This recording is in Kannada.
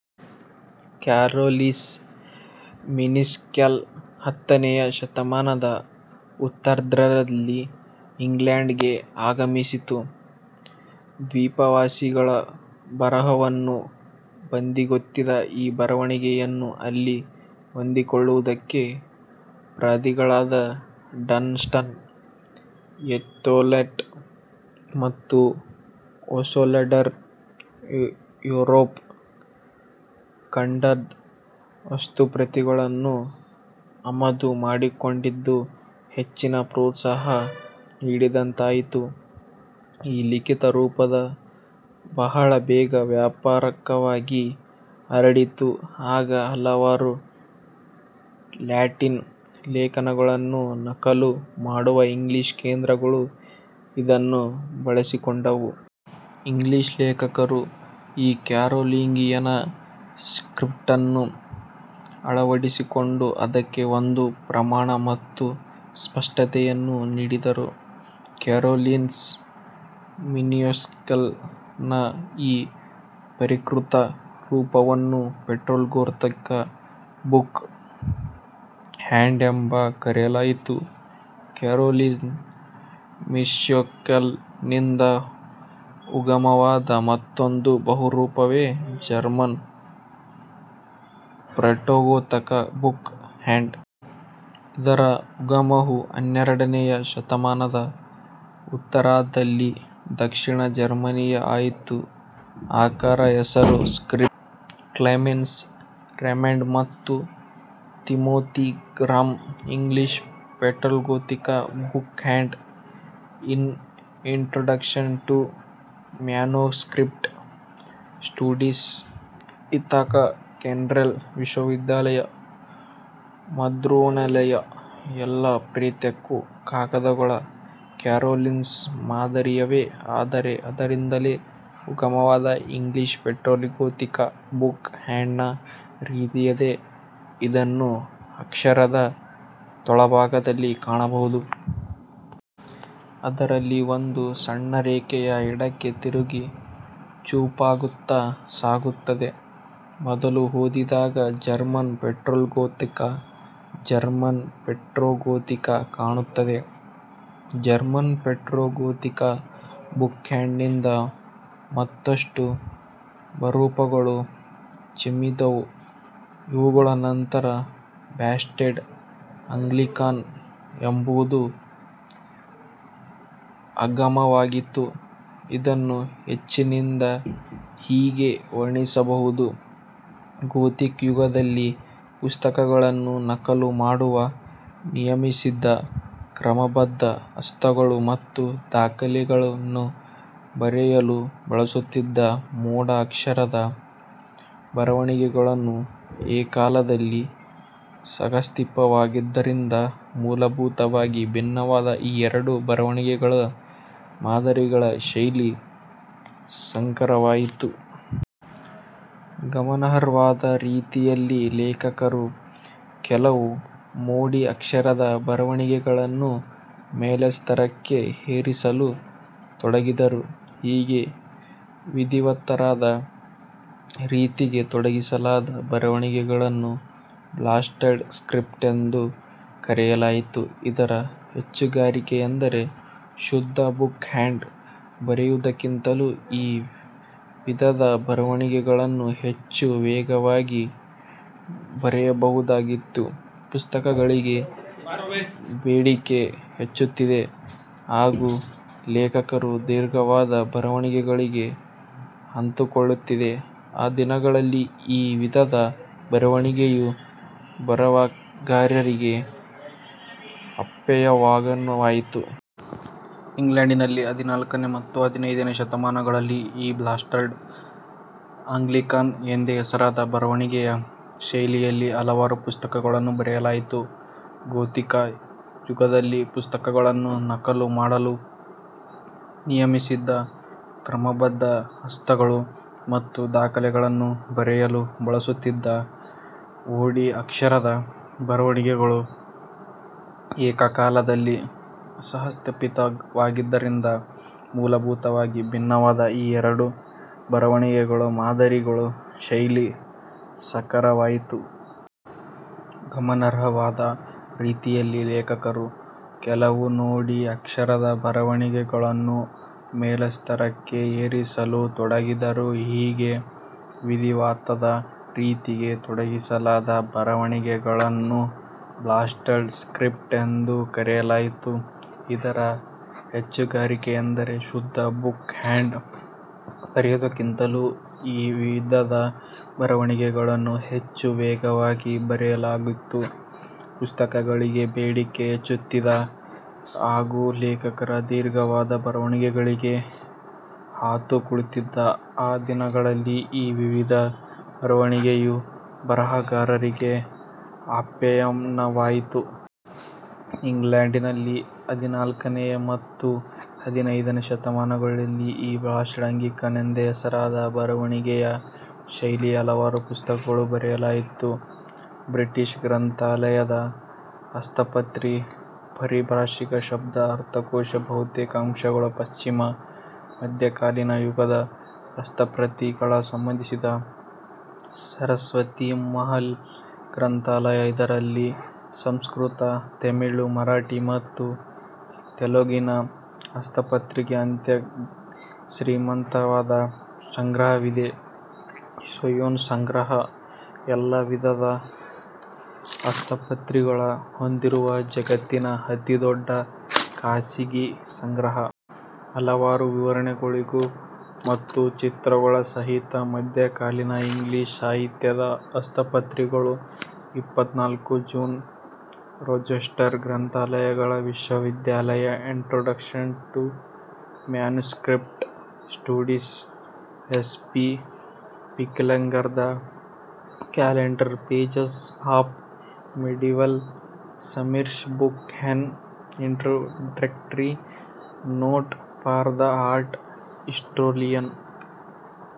ಕ್ಯಾರೋಲಿನ್ ಮಿನಿಸ್ಕ್ಯೂಲ್ ಹತ್ತನೆಯ ಶತಮಾನದ ಉತ್ತರಾರ್ಧದಲ್ಲಿ ಇಂಗ್ಲೆಂಡ್ ಗೆ ಆಗಮಿಸಿತು. ದ್ವೀಪವಾಸಿಗಳ ಬರಹವನ್ನು ಬದಿಗೊತ್ತಿದ ಈ ಬರವಣಿಗೆಯನ್ನು ಅಲ್ಲಿ ಹೊಂದಿಸಿಕೊಳ್ಳುವುದಕ್ಕೆ ಪಾದ್ರಿಗಳಾದ ಡನ್ ಸ್ಟನ್, ಯೀಥೆಲ್ವೋಲ್ಡ್ ಮತ್ತು ಓಸ್ವಾಲ್ಡ್ ರು ಯೂರೋಪ್ ಖಂಡದ ಹಸ್ತಪ್ರತಿಗಳನ್ನು ಆಮದು ಮಾಡಿಕೊಂಡಿದ್ದು ಹೆಚ್ಚಿನ ಪ್ರೋತ್ಸಾಹ ನೀಡಿದಂತಾಯಿತು. ಈ ಲಿಖಿತರೂಪವು ಬಹಳ ಬೇಗ ವ್ಯಾಪಕವಾಗಿ ಹರಡಿತು ಹಾಗೂ ಹಲವಾರು ಲ್ಯಾಟಿನ್ ಲೇಖನಗಳನ್ನು ನಕಲು ಮಾಡಲು ಇಂಗ್ಲಿಷ್ ಕೇಂದ್ರಗಳು ಇದನ್ನು ಬಳಸಿಕೊಂಡವು. ಇಂಗ್ಲಿಷ್ ಲೇಖಕರು ಈ ಕ್ಯಾರೋಲಿಂಗಿಯನ್ ಸ್ಕ್ರಿಪ್ಟನ್ನು ಅಳವಡಿಸಿಕೊಂಡು, ಅದಕ್ಕೆ ಒಂದು ಪ್ರಮಾಣ ಮತ್ತು ಸ್ಪಷ್ಟತೆಯನ್ನು ನೀಡಿದರು. ಕ್ಯಾರೋಲಿನ್ ಮಿನಿಸ್ಕ್ಯೂಲ್ ನ ಈ ಪರಿಷ್ಕೃತ ರೂಪವನ್ನು ಪ್ರೋಟೋಗೋಥಿಕ್ ಬುಕ್ ಹ್ಯಾಂಡ್ ಎಂದು ಕರೆಯಲಾಯಿತು. ಕ್ಯಾರೋಲಿನ್ ಮಿನಿಸ್ಕ್ಯೂಲ್ ನಿಂದ ಉಗಮವಾದ ಮತ್ತೊಂದು ಬರಹರೂಪವೇ ಜರ್ಮನ್ ಪ್ರೋಟೋಗೋಥಿಕ್ ಬುಕ್ ಹ್ಯಾಂಡ್. ಇದರ ಉಗಮವು ಹನ್ನೆರಡನೆಯ ಶತಮಾನದ ಉತ್ತರಾರ್ಧದಲ್ಲಿ ದಕ್ಷಿಣ ಜರ್ಮನಿಯಲ್ಲಿ ಆಯಿತು. ಆಕರ ಹೆಸರು "ಸ್ಕ್ರಿಪ್ಟ್" ಕ್ಲೆಮೆನ್ಸ್. ರೇಮಂಡ್ ಮತ್ತು Timothy Graham. "English protogothic book hand" in introduction to manuscript studies. Ithaca Cornell ವಿಶ್ವವಿದ್ಯಾಲಯ ಮುದ್ರಣಾಲಯ, ಎಲ್ಲಾ ಪ್ರತ್ಯೇಕ ಕಾಗದಗಳೂ ಕ್ಯಾರೋಲಿನ್ ಮಾದರಿಯವೆ; ಆದರೆ ಅದರಿಂದಲೇ ಉಗಮವಾದ ಇಂಗ್ಲಿಷ್ ಪ್ರೋಟೋಗೋಥಿಕ್ ಬುಕ್ ಹ್ಯಾಂಡ್ ನ ರೀತಿಯದೇ ಇದನ್ನು ಅಕ್ಷರದ ತೋಳುಭಾಗದಲ್ಲಿ ಕಾಣಬಹುದು. ಅದರಲ್ಲಿ ಒಂದು ಸಣ್ಣರೇಖೆಯು ಎಡಕ್ಕೆ ತಿರುಗಿ ಚೂಪಾಗುತ್ತಾ ಸಾಗುತ್ತದೆ. ಮೊದಲು ಓದಿದಾಗ ಜರ್ಮನ್ ಪ್ರೋಟೋಗೋಥಿಕ್ ಜರ್ಮನ್ ಪ್ರೋಟೋಗೋಥಿಕ್ ಕಾಣುತ್ತದೆ. ಜರ್ಮನ್ ಪ್ರೋಟೋಗೋಥಿಕ್ ಬುಕ್ ಹ್ಯಾಂಡ್ ನಿಂದ ಮತ್ತಷ್ಟು ಬರಹರೂಪಗಳು ಚಿಮ್ಮಿದವು. ಇವುಗಳ ನಂತರ ಬಾಸ್ಟರ್ಡ್ ಆಂಗ್ಲಿಕಾನಾ ಎಂಬುದು ಉಗಮವಾಯಿತು. ಇದನ್ನು ಹೆಚ್ಚೆಂದರೆ ಹೀಗೆ ವರ್ಣಿಸಬಹುದು, ಗೋಥಿಕ್ ಯುಗದಲ್ಲಿ ಪುಸ್ತಕಗಳನ್ನು ನಕಲು ಮಾಡಲು ನಿಯಮಿಸಿದ್ದ ಕ್ರಮಬದ್ಧ ಹಸ್ತಗಳು ಮತ್ತು ದಾಖಲೆಗಳನ್ನು ಬರೆಯಲು ಬಳಸುತ್ತಿದ್ದ ಮೋಡಿ ಅಕ್ಷರದ ಬರವಣಿಗೆಗಳು ಏಕಕಾಲದಲ್ಲಿ ಸಹಸ್ಥಾಪಿತವಾಗಿದ್ದುದರಿಂದ ಮೂಲಭೂತವಾಗಿ ಭಿನ್ನವಾದ ಈ ಎರಡು ಬರವಣಿಗೆಗಳ ಮಾದರಿಗಳ ಶೈಲಿ-ಸಂಕರವಾಯಿತು. ಗಮನಾರ್ಹವಾದ ರೀತಿಯಲ್ಲಿ ಲೇಖಕರು ಕೆಲವು ಮೋಡಿ ಅಕ್ಷರದ ಬರವಣಿಗೆಗಳನ್ನು ಮೇಲುಸ್ತರಕ್ಕೆ ಏರಿಸಲು ತೊಡಗಿದರು. ಹೀಗೆ ವಿಧಿವತ್ತಾದ ರೀತಿಗೆ ತೊಡಗಿಸಲಾದ ಬರವಣಿಗೆಗಳನ್ನು ಬಾಸ್ಟರ್ಡ್ ಸ್ಕ್ರಿಪ್ಟ್ ಎಂದು ಕರೆಯಲಾಯಿತು. ಇದರ ಹೆಚ್ಚುಗಾರಿಕೆಯೆಂದರೆ ಶುದ್ಧ ಬುಕ್ ಹ್ಯಾಂಡ್ ಬರೆಯುವುದಕ್ಕಿಂತಲೂ ಈ ವಿಧದ ಬರವಣಿಗೆಗಳನ್ನು ಹೆಚ್ಚು ವೇಗವಾಗಿ ಬರೆಯಬಹುದಾಗಿತ್ತು. ಪುಸ್ತಕಗಳಿಗೆ ಬೇಡಿಕೆ ಹೆಚ್ಚುತ್ತಿದ್ದ ಹಾಗೂ ಲೇಖಕರು ದೀರ್ಘವಾದ ಬರವಣಿಗೆಗಳಿಗೆ ಆತುಕೊಳ್ಳುತ್ತಿದ್ದ ಆ ದಿನಗಳಲ್ಲಿ ಈ ವಿಧದ ಬರವಣಿಗೆಯು ಬರಹಗಾರರಿಗೆ ಆಪ್ಯಾಯಮಾನವಾಯಿತು. ಇಂಗ್ಲೆಂಡ್ ನಲ್ಲಿ ಹದಿನಾಲ್ಕನೆಯ ಮತ್ತು ಹದಿನೈದನೆಯ ಶತಮಾನಗಳಲ್ಲಿ ಈ ಬಾಸ್ಟರ್ಡ್ ಆಂಗ್ಲಿಕಾನಾ ಎಂದೇ ಹೆಸರಾದ ಬರವಣಿಗೆಯ ಶೈಲಿಯಲ್ಲಿ ಹಲವಾರು ಪುಸ್ತಕಗಳನ್ನು ಬರೆಯಲಾಯಿತು. ಗೋಥಿಕ್ ಯುಗದಲ್ಲಿ ಪುಸ್ತಕಗಳನ್ನು ನಕಲು ಮಾಡಲು ನಿಯಮಿಸಿದ್ದ ಕ್ರಮಬದ್ಧ ಹಸ್ತಗಳು ಮತ್ತು ದಾಖಲೆಗಳನ್ನು ಬರೆಯಲು ಬಳಸುತ್ತಿದ್ದ ಮೋಡಿ ಅಕ್ಷರದ ಬರವಣಿಗೆಗಳು ಏಕಕಾಲದಲ್ಲಿ ಸಹಸ್ಥಾಪಿತವಾಗಿದ್ದುದರಿಂದ ಮೂಲಭೂತವಾಗಿ ಭಿನ್ನವಾದ ಈ ಎರಡು ಬರವಣಿಗೆಗಳ ಮಾದರಿಗಳ ಶೈಲಿ ಸಂಕರವಾಯಿತು. ಗಮನಾರ್ಹವಾದ ರೀತಿಯಲ್ಲಿ ಲೇಖಕರು ಕೆಲವು ಮೋಡಿ ಅಕ್ಷರದ ಬರವಣಿಗೆಗಳನ್ನು ಮೇಲುಸ್ತರಕ್ಕೆ ಏರಿಸಲು ತೊಡಗಿದರು. ಹೀಗೆ ವಿಧಿವತ್ತಾದ ರೀತಿಗೆ ತೊಡಗಿಸಲಾದ ಬರವಣಿಗೆಗಳನ್ನು ಬಾಸ್ಟರ್ಡ್ ಸ್ಕ್ರಿಪ್ಟ್ ಎಂದು ಕರೆಯಲಾಯಿತು. ಇದರ ಹೆಚ್ಚುಗಾರಿಕೆಯೆಂದರೆ ಶುದ್ಧ ಬುಕ್ ಹ್ಯಾಂಡ್ ಬರೆಯುವುದಕ್ಕಿಂತಲೂ ಈ ವಿಧದ ಬರವಣಿಗೆಗಳನ್ನು ಹೆಚ್ಚು ವೇಗವಾಗಿ ಬರೆಯಬಹುದಾಗಿತ್ತು. ಪುಸ್ತಕಗಳಿಗೆ ಬೇಡಿಕೆ ಹೆಚ್ಚುತ್ತಿದ್ದ ಹಾಗೂ ಲೇಖಕರು ದೀರ್ಘವಾದ ಬರವಣಿಗೆಗಳಿಗೆ ಆತುಕೊಳ್ಳುತ್ತಿದ್ದ ಆ ದಿನಗಳಲ್ಲಿ ಈ ವಿಧದ ಬರವಣಿಗೆಯು ಬರಹಗಾರರಿಗೆ ಆಪ್ಯಾಯಮಾನವಾಯಿತು. ಇಂಗ್ಲೆಂಡ್ ನಲ್ಲಿ ಹದಿನಾಲ್ಕನೆಯ ಮತ್ತು ಹದಿನೈದನೆಯ ಶತಮಾನಗಳಲ್ಲಿ ಈ ಬಾಸ್ಟರ್ಡ್ ಆಂಗ್ಲಿಕಾನಾ ಎಂದೇ ಹೆಸರಾದ ಬರವಣಿಗೆಯ ಶೈಲಿಯಲ್ಲಿ ಹಲವಾರು ಪುಸ್ತಕಗಳನ್ನು ಬರೆಯಲಾಯಿತು. ಬ್ರಿಟಿಷ್ ಗ್ರಂಥಾಲಯದ ಹಸ್ತಪ್ರತಿ ಪಾರಿಭಾಷಿಕ ಶಬ್ದಗಳ ಅರ್ಥಕೋಶ ಬಹುತೇಕ ಅಂಶಗಳು ಪಶ್ಚಿಮದ ಮಧ್ಯಕಾಲೀನ ಯುಗದ ಹಸ್ತಪ್ರತಿಗಳಿಗೆ ಸಂಬಂಧಿಸುದುದು ಸರಸ್ವತಿಮಹಲ್ ಗ್ರಂಥಾಲಯ. ಇದರಲ್ಲಿ ಸಂಸ್ಕೃತ, ತಮಿಳ್, ಮರಾಠಿ ಮತ್ತು ತೆಲುಗಿನ ಹಸ್ತಪ್ರತಿಗಳ ಅತ್ಯಂತ ಶ್ರೀಮಂತವಾದ ಸಂಗ್ರಹ ವಿದೆ ಸ್ಕೋಯೆನ್ ಸಂಗ್ರಹ ಎಲ್ಲಾ ವಿಧದ ಹಸ್ತಪ್ರತಿಗಳನ್ನು ಹೊಂದಿರುವ ಜಗತ್ತಿನ ಅತಿ ದೊಡ್ಡ ಖಾಸಗಿ ಸಂಗ್ರಹ. ಹಲವಾರು ವಿವರಣೆಗಳು ಮತ್ತು ಚಿತ್ರಗಳ ಸಹಿತ ಮಧ್ಯಕಾಲೀನ್ ಇಂಗ್ಲಿಷ್ ಸಾಹಿತ್ಯದ ಹಸ್ತಪ್ರತಿಗಳು. ಇಪ್ಪತ್ತನಾಲ್ಕು ಜೂನ್ ರೋಚೆಸ್ಟರ್ ಗ್ರಂಥಾಲಯಗಳ ವಿಶ್ವವಿದ್ಯಾಲಯ introduction to manuscript studies. F. P. ಪಿಕೆರ್ಲಿಂಗದ calendar pages of medieval service books an introductory note for the art historians.